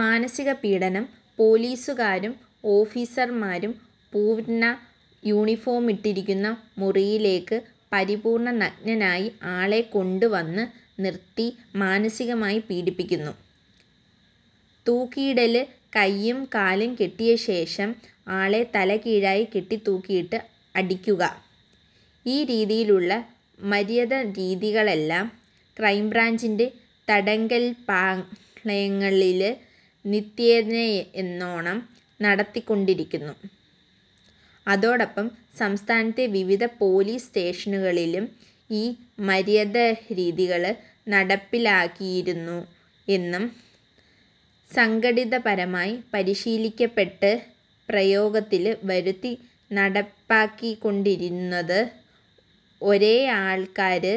മാനസികപീഡനം പോലീസുകാരും ഓഫീസര്മാരും പൂര്ണ യൂണിഫോമിട്ടിരിക്കുന്ന മുറിയിലേക്ക് പരിപൂര്ണനഗ്നനായി ആളെ കൊണ്ടുവന്ന് നിര്ത്തി മാനസികമായി പീഡിപ്പിക്കുന്നു. തൂക്കിയിടല് കൈയും കാലും കെട്ടിയശേഷം ആളെ തലകീഴായി കെട്ടിത്തൂക്കിയിട്ട് അടിക്കുക. ഈ രീതിയിലുള്ള മര്ദനരീതികളെല്ലാം ക്രൈംബ്രാഞ്ചിന്റെ തടങ്കല്പ്പാളയങ്ങളില് നിത്യേനയെന്നോണം നടത്തിക്കൊണ്ടിരുന്നു. അതോടൊപ്പം സംസ്ഥാനത്തെ വിവിധ പോലീസ് സ്റ്റേഷനുകളിലും ഈ മര്ദനരീതികള് നടപ്പിലാക്കിയിരുന്നു എന്നും, സംഘടിതമായി പരിശീലിപ്പിക്കപ്പെട്ട് പ്രയോഗത്തില് വരുത്തി നടപ്പാക്കിക്കൊണ്ടിരുന്നത് ഒരേയാള്ക്കാര്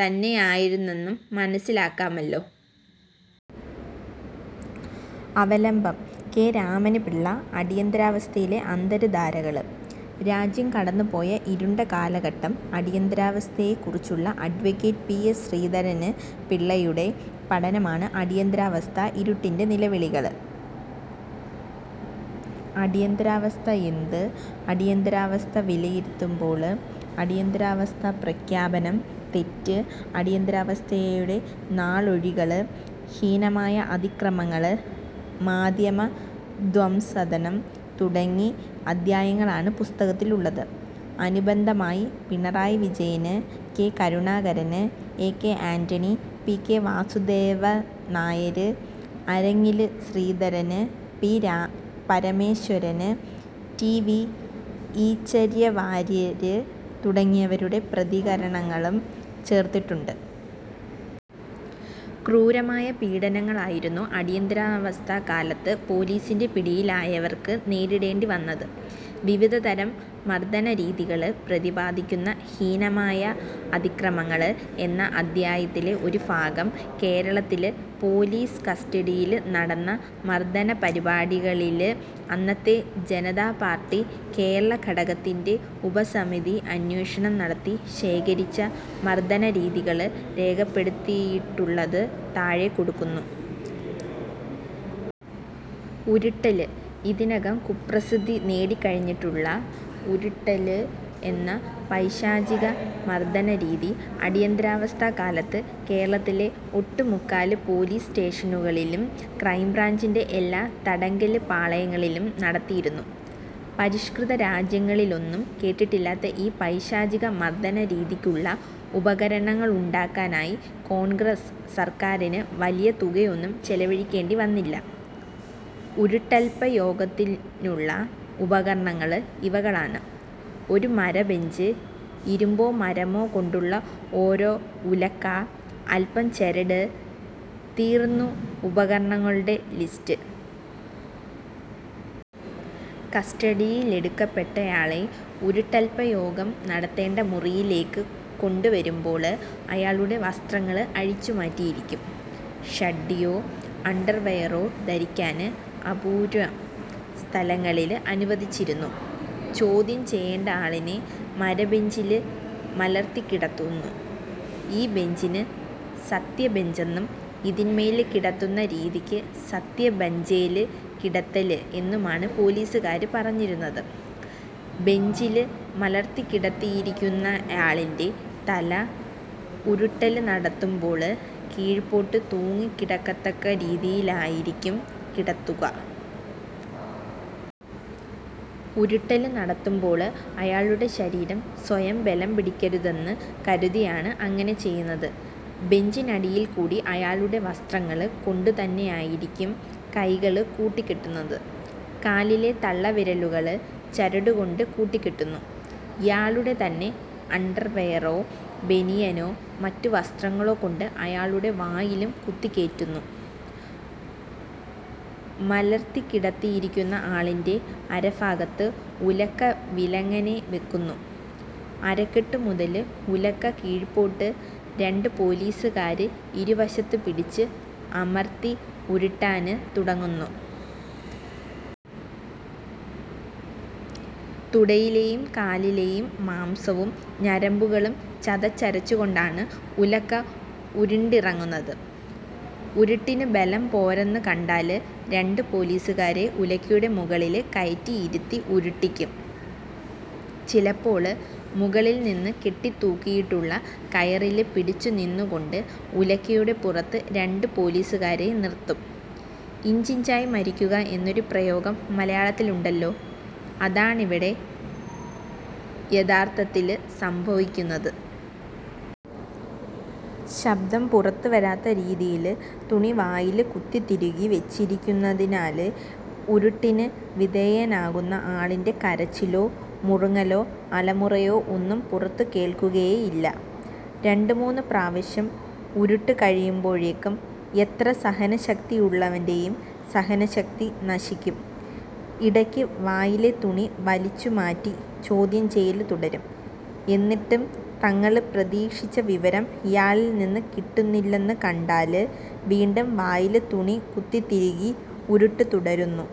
തന്നെയായിരുന്നെന്നും മനസ്സിലാക്കാമല്ലോ. അവലംബം കെ. രാമന്പിള്ള അടിയന്തരാവസ്ഥയിലെ അന്തര്ധാരകള്. രാജ്യം കടന്നുപോയ ഇരുണ്ട കാലഘട്ടം അടിയന്തരാവസ്ഥയെ കുറിച്ചുള്ള അഡ്വ പി എസ് ശ്രീധരന് പിള്ളയുടെ പഠനമാണ് അടിയന്തരാവസ്ഥ ഇരുട്ടിന്റെ നിലവിളികള്. അടിയന്തരാവസ്ഥ എന്ത്, അടിയന്തരാവസ്ഥ വിലയിരുത്തുമ്പോള്, അടിയന്തരാവസ്ത പ്രഖ്യാപനം തെറ്റ്, അടിയന്തരാവസ്ഥയുടെ നാള്വഴികള്, ഹീനമായ അതിക്രമങ്ങള്, മാധ്യമധ്വംസനം തുടങ്ങി അധ്യായങ്ങളാണ് പുസ്തകത്തിലുള്ളത്. അനുബന്ധമായി Pinarayi Vijayan, K Karunakaran, A K Antony, P K Vasudevan Nair, Arangil Sreedharan, P Parameswaran, T V Eachara Warrier തുടങ്ങിയവരുടെ പ്രതികരണങ്ങളും ചേര്ത്തിട്ടുണ്ട്. ക്രൂരമായ പീഡനങ്ങളായിരുന്നു അടിയന്തരാവസ്ഥക്കാലത്ത് പോലീസിന്റെ പിടിയിലായവര്ക്ക് നേരിടേണ്ടി വന്നത്. വിവിധതരം മര്ദനരീതികള് പ്രതിപാദിക്കുന്ന 'ഹീനമായ അതിക്രമങ്ങള്' എന്ന അധ്യായത്തിലെ ഒരു ഭാഗം കേരളത്തില് പോലീസ് കസ്റ്റഡിയില് നടന്ന മര്ദനപരിപാടികള് ല് അന്നത്തെ ജനതാപാര്ട്ടി കേരളഘടകത്തിന്റെ ഉപസമിതി അന്വേഷണം നടത്തി ശേഖരിച്ച മര്ദനരീതികള് രേഖപ്പെടുത്തിയിട്ടുള്ളത് താഴെ കൊടുക്കുന്നു:. ഉരുട്ടല് ഇതിനകം കുപ്രസിദ്ധി നേടിക്കഴിഞ്ഞിട്ടുള്ള ഉരുട്ടല് എന്ന പൈശാചികമര്ദനരീതി അടിയന്തരാവസ്ഥക്കാലത്ത് കേരളത്തിലെ ഒട്ടുമുക്കാല് പോലീസ് സ്റ്റേഷനുകളിലും, ക്രൈംബ്രാഞ്ചിന്റെ എല്ലാ തടങ്കല്പ്പാളയങ്ങളിലും നടത്തിയിരുന്നു. പരിഷ്കൃതരാജ്യങ്ങളിലൊന്നും കേട്ടിട്ടില്ലാത്ത ഈ പൈശാചിക മര്ദനരീതിക്കുള്ള ഉപകരണങ്ങളുണ്ടാക്കാനായി കോണ്ഗ്രസ് സര്ക്കാറിന് വലിയ തുകയൊന്നും ചെലവഴിക്കേണ്ടിവന്നില്ല. ഉരുട്ടല്പ്രയോഗത്തിനുള്ള ഉപകരണങ്ങള് ഇവകളാണ്. ഒരു മരബെഞ്ച്, ഇരുമ്പോ മരമോ കൊണ്ടുള്ള ഓരോ ഉലക്ക, അല്പം ചരട്, തീര്ന്നു ഉപകരണങ്ങളുടെ ലിസ്റ്റ്. കസ്റ്റഡിയിലെടുക്കപ്പെട്ടയാളെ ഉരുട്ടല്പ്രയോഗം നടത്തേണ്ട മുറിയിലേക്ക് കൊണ്ടുവരുമ്പോള് അയാളുടെ വസ്ത്രങ്ങള് അഴിച്ചുമാറ്റിയിരിക്കും. ഷഡ്ഡിയോ അണ്ടര്വെയറോ ധരിക്കാന് അപൂര്വം സ്ഥലങ്ങളില് അനുവദിച്ചിരുന്നു. ചോദ്യം ചെയ്യേണ്ടയാളിനെ മരബെഞ്ചില് മലര്ത്തിക്കിടത്തുന്നു. ഈ ബെഞ്ചിന് 'സത്യബെഞ്ചെന്നും' ഇതിന്മേല് കിടത്തുന്ന രീതിക്ക് സത്യ ബഞ്ചേല് കിടത്തല് എന്നുമാണ് പോലീസുകാര് പറഞ്ഞിരുന്നത്. ബെഞ്ചില് മലര്ത്തിക്കിടത്തിയിരിക്കുന്നയാളിന്റെ തല ഉരുട്ടല് നടത്തുമ്പോള് കീഴ്പ്പോട്ട് തൂങ്ങിക്കിടക്കത്തക്കരീതിയിലായിരിക്കും കിടത്തുക. ഉരുട്ടല് നടത്തുമ്പോള് അയാളുടെ ശരീരം സ്വയം ബലംപിടിക്കരുതെന്ന് കരുതിയാണ് അങ്ങനെ ചെയ്യുന്നത്. ബെഞ്ചിനടിയില്ക്കൂടി അയാളുടെ വസ്ത്രങ്ങള് കൊണ്ടുതന്നെയായിരിക്കും കൈകള് കൂട്ടിക്കെട്ടുന്നത്. കാലിലെ തള്ളവിരലുകള് ചരടുകൊണ്ട് കൂട്ടിക്കെട്ടുന്നു. ഇയാളുടെതന്നെ അണ്ടര്വെയറോ, ബനിയനോ, മറ്റു വസ്ത്രങ്ങളോകൊണ്ട് അയാളുടെ വായിലും കുത്തിക്കേറ്റുന്നു. മലര്ത്തിക്കിടത്തിയിരിക്കുന്ന ആളിന്റെ അരഭാഗത്ത് ഉലക്ക വിലങ്ങനെ വെക്കുന്നു. അരക്കെട്ടു മുതല് ഉലക്ക കീഴ്പ്പോട്ട് രണ്ടു പോലീസുകാര് ഇരുവശത്ത് പിടിച്ച് അമര്ത്തി ഉരുട്ടാന് തുടങ്ങുന്നു. തുടയിലേയും കാലിലേയും മാംസവും ഞരമ്പുകളും ചതച്ചരച്ചുകൊണ്ടാണ് ഉലക്ക ഉരുണ്ടിറങ്ങുന്നത്. ഉരുട്ടിനു ബലം പോരെന്നുകണ്ടാല് രണ്ടു പോലീസുകാരെ ഉലക്കയുടെ മുകളില് കയറ്റി ഇരുത്തി ഉരുട്ടിക്കും. ചിലപ്പോള് മുകളില്നിന്ന് കെട്ടിത്തൂക്കിയിട്ടുള്ള കയറില് പിടിച്ചുനിന്നുകൊണ്ട് ഉലക്കയുടെ പുറത്ത് രണ്ടു പോലീസുകാരെ നിര്ത്തും. ഇഞ്ചിഞ്ചായി മരിക്കുക എന്നൊരു പ്രയോഗം മലയാളത്തിലുണ്ടല്ലോ. അതാണിവിടെ യഥാര്ഥത്തില് സംഭവിക്കുന്നത്. ശബ്ദം പുറത്തുവരാത്ത രീതിയില് തുണി വായില് കുത്തിത്തിരുകി വെച്ചിരിക്കുന്നതിനാല് ഉരുട്ടിന് വിധേയനാകുന്ന ആളിന്റെ കരച്ചിലോ മുറുങ്ങലോ അലമുറയോ ഒന്നും പുറത്തു കേള്ക്കുകയേ ഇല്ല. രണ്ടുമൂന്നു പ്രാവശ്യം ഉരുട്ടു കഴിയുമ്പോഴേക്കും എത്ര സഹനശക്തിയുള്ളവന്റെയും സഹനശക്തി നശിക്കും. ഇടയ്ക്ക് വായിലെ തുണി വലിച്ചുമാറ്റി ചോദ്യം ചെയ്യല് തുടരും. എന്നിട്ടും തങ്ങള് പ്രതീക്ഷിച്ച വിവരം ഇയാളില്നിന്നും കിട്ടുന്നില്ലെന്നു കണ്ടാല് വീണ്ടും വായില് തുണി കുത്തിത്തിരുകി ഉരുട്ട് തുടരുന്നു.